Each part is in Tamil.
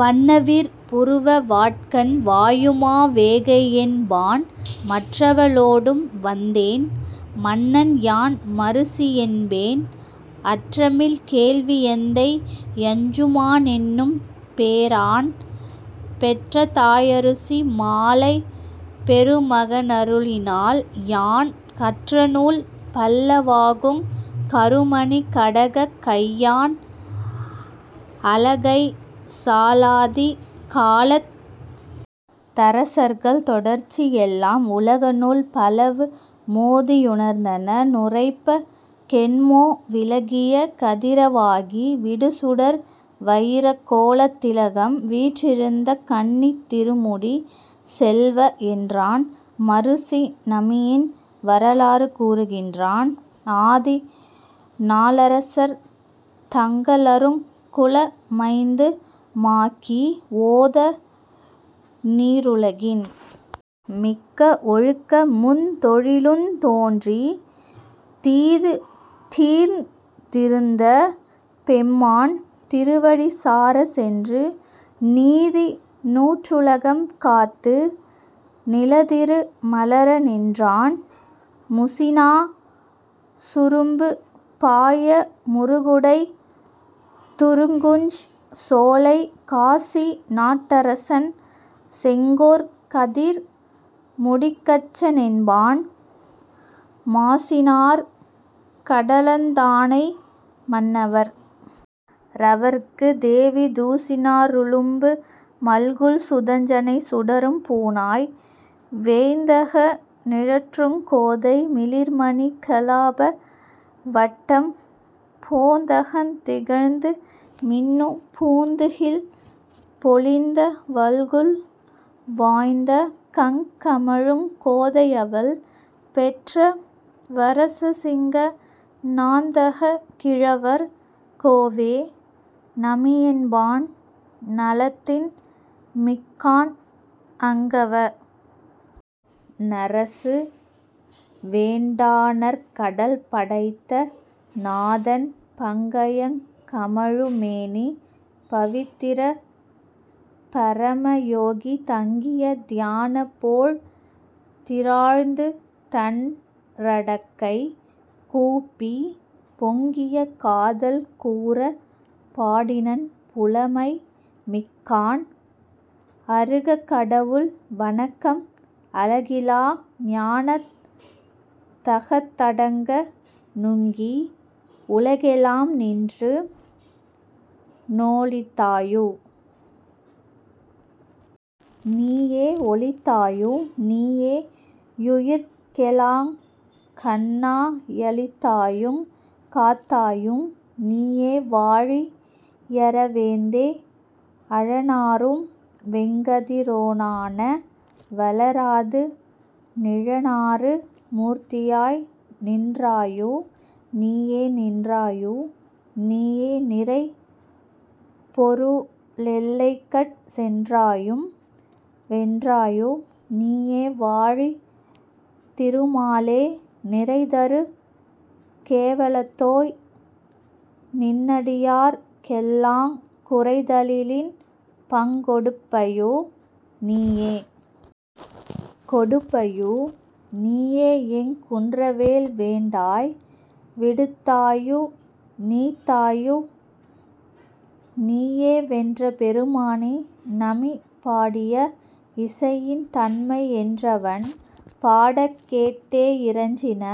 வண்ணவிற் புருவ வாட்கண் வாயுமா வேகை யென்பான் மற்றவ ளோடும் வந்தேன் மன்னன்யான் மருசி யென்பேன் அற்றமில் கேள்வி யெந்தை யஞ்சுமா னென்னும் பேரான் பெற்றதா யருசி மாலை பெருமக னருளினால் யான் கற்றநூல் பல்ல வாகுங் கருமணிக் கடகக் கையான் அலகைசா லாதி காலத் தரசர்கள் தொடர்ச்சி யெல்லாம் உலகநூல் பலவு மோதி யுணர்ந்தன னுரைப்பக் கேண்மோ விலகிய கதிர வாகி விடுசுடர் வயிரக் கோலத் திலகம்வீற் றிருந்த கண்ணித் திருமுடிச் செல்வ என்றான் மருசி நமியின் வரலாறு கூறுகின்றான் ஆதிநா ளரசர் தங்க ளருங்குல மைந்து மாக்கி ஓதநீ ருலகின் மிக்க வொழுக்கமுந் தொழிலுந் தோற்றித் தீதுதீர்ந் திருந்த பெம்மான் திருவடி சாரச் சென்று நீதி நூற் றுலகம் காத்து நிலத்திரு மலர நின்றான் முசிநாச் சுரும்பு பாய முருகுடைத் துருக்குஞ் சோலைக் காசிநாட் டரசன் செங்கோற் கதிர்முடிக் கச்ச னென்பான் மாசினாற் கடலந் தானை மன்னவற் றவற்குத் தேவி தூசினாற் றுளும்பு மல்குல் சுதஞ்சனை சுடரும் பூணாய் வேய்ந்தக நிழற்றுங் கோதை மிளிர்மணிக் கலாப வட்டம் போந்தகந் திகழ்ந்து மின்னுப் பூந்துகில் பொலிந்த வல்குல் வாய்ந்தகங் கமழுங் கோதை யவள்பெற்ற வரச சிங்க நாந்தகக் கிழவர் கோவே நமியென்பான் நலத்தின் மிக்கான் அங்கவ னரசு வேண்டா னற்கடல் படைத்த நாதன் பங்கயங் கமழு மேனி பவித்திர பரம யோகி தங்கிய தியானப் போழ்தி றாழ்ந்துதன் றடக்கை கூப்பிப் பொங்கிய காதல் கூரப் பாடினன் புலமை மிக்கான் அருகக் கடவுள் வணக்கம் அலகிலா ஞானத் தகத்தடங்க நுங்கி உலகெலாம் நின்று னொளித்தாயு நீயே ஒளித்தாயு நீயே யுயிர்க்கெலாங் கண்ணா யளித்தாயுங் காத்தாயு நீயேவாழி யறவேந்தே அழனாறும் வெங்கதிரோ னாண வலராது நிழனாறு மூர்த்தியாய் நின்றாயு நீயே நின்றாயு நீயே நிறைபொரு ளெல்லைக்கட் சென்றாயும் வென்றாயு நீயேவாழி திருமாலே நிறைதரு கேவலத்தோய் நின்னடியார்க் கெல்லாங் குறைதலி லின்பங் கொடுப்பயு நீயே கொடுப்பயு நீயேயெங் குற்றவேல் வேண்டாய் விடுத்தாயு நீத்தாயு நீயேவென்ற பெருமானே நமிபாடிய இசையின் தன்மை என்றவன் பாடக் கேட்டே யிறஞ்சின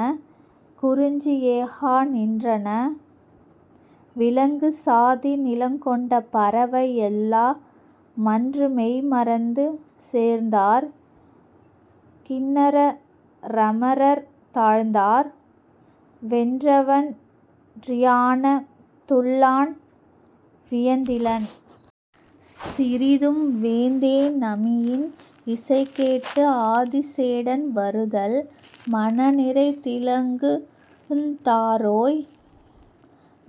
குறிஞ்சி யேகா நின்றன விலங்கு சாதி நிலங்கொண்ட பறவை எல்லா மன்றுமெய் மறந்து சேர்ந்தார் கின்னர ரமரர் தாழ்ந்தார் வென்றவன் றியானத் துள்ளான் வியந்திலன் சிறிதும் வேந்தே நமியின் இசைகேட்டு ஆதிசேடன் வருதல் மணநிரைத் திலங்குந் தாரோய்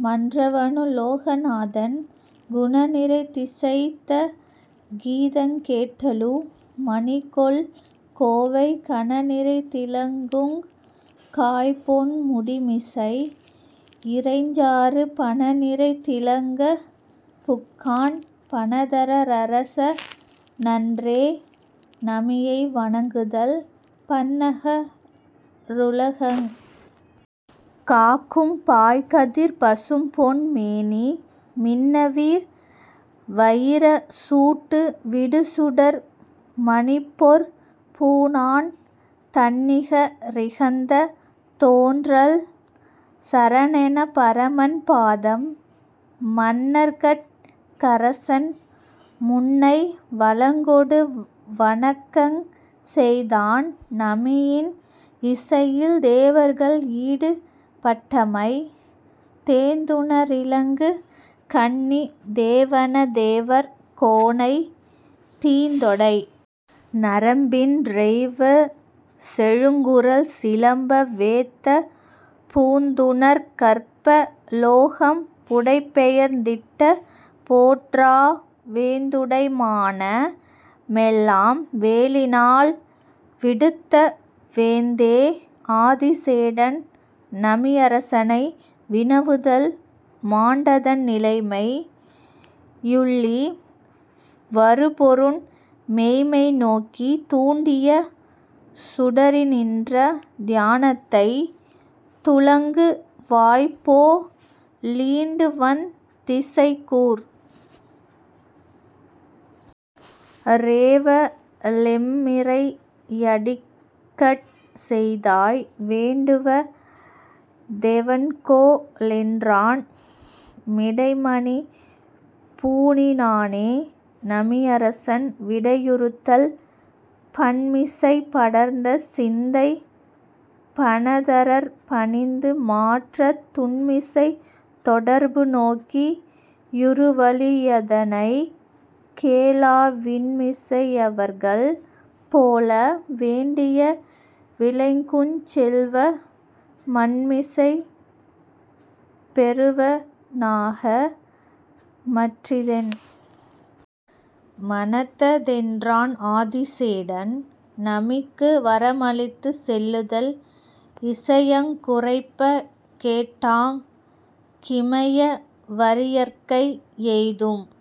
மற்றவ னுலோக நாதன் குணநிரைத் திசைத்த கீதங் கேட்டலு மணிகொள் கோவைக் கணநிரைத் திலங்குங் காய்பொன் முடிமிசை யீரைஞ்ஞாறு பணநிரைத் திலங்கப் புக்கான் பணதர ரரச னன்றே நமியை வணங்குதல் பன்னக ருலகங் காக்கும் பாய்கதிர்ப் பசும்பொன் மேனி மின்னவிர் வயிரச் சூட்டு விடுசுடர் மணிப்பொற் பூணான் தன்னிக ரிகந்த தோன்றல் சரணெனப் பரமன் பாதம் மன்னர்கட் கரசன் முன்னை வலங்கொடு வணக்கங் செய்தான் நமியின் இசையில் தேவர்கள் ஈடுபட்டமை தேந்துண ரிலங்கு கண்ணித் தேவனத் தேவர் கோனைத் தீந்தொடை நரம்பின் றெய்வச் செழுங்குரல் சிலம்ப வேத்தப் பூந்துணர்க் கற்ப லோகம் புடைபெயர்ந் திட்ட போற்றா வேந்துடை மான மெல்லாம் வேலினால் விடுத்த வேந்தே ஆதிசேடன் நமியரசனை வினவுதல் மாண்டதன் நிலைமை யுள்ளி வருபொருண் மெய்ம்மைநோக்கித் தூண்டிய சுடரி னின்ற தியானத்தைத் துளங்கு வாய்போ லீண்டுவந் திசைக்குற் றேவ லெம்மிறை யடிக்கட் செய்தாய் வேண்டுவ தெவன்கொ லென்றான் மிடைமணிப் பூணினானே நமியரசன் விடையிறுத்தல் பண்மிசைப் படர்ந்த சிந்தைப் பணதரற் பணிந்து மாற்றத் துண்மிசைப் தொடர்பு நோக்கி யுறுவலி யதனைக் கேளா விண்மிசை யவர்கள் போல வேண்டிய விளைக்குஞ் செல்வ மண்மிசைப் பெறுவ னாக மற்றிதென் மனத்த தென்றான் ஆதிசேடன் நமிக்கு வரமளித்துச் செல்லுதல் இச்சையங் குரைப்ப கேட்டாங் கிமைய வரியற்கை யெய்தும்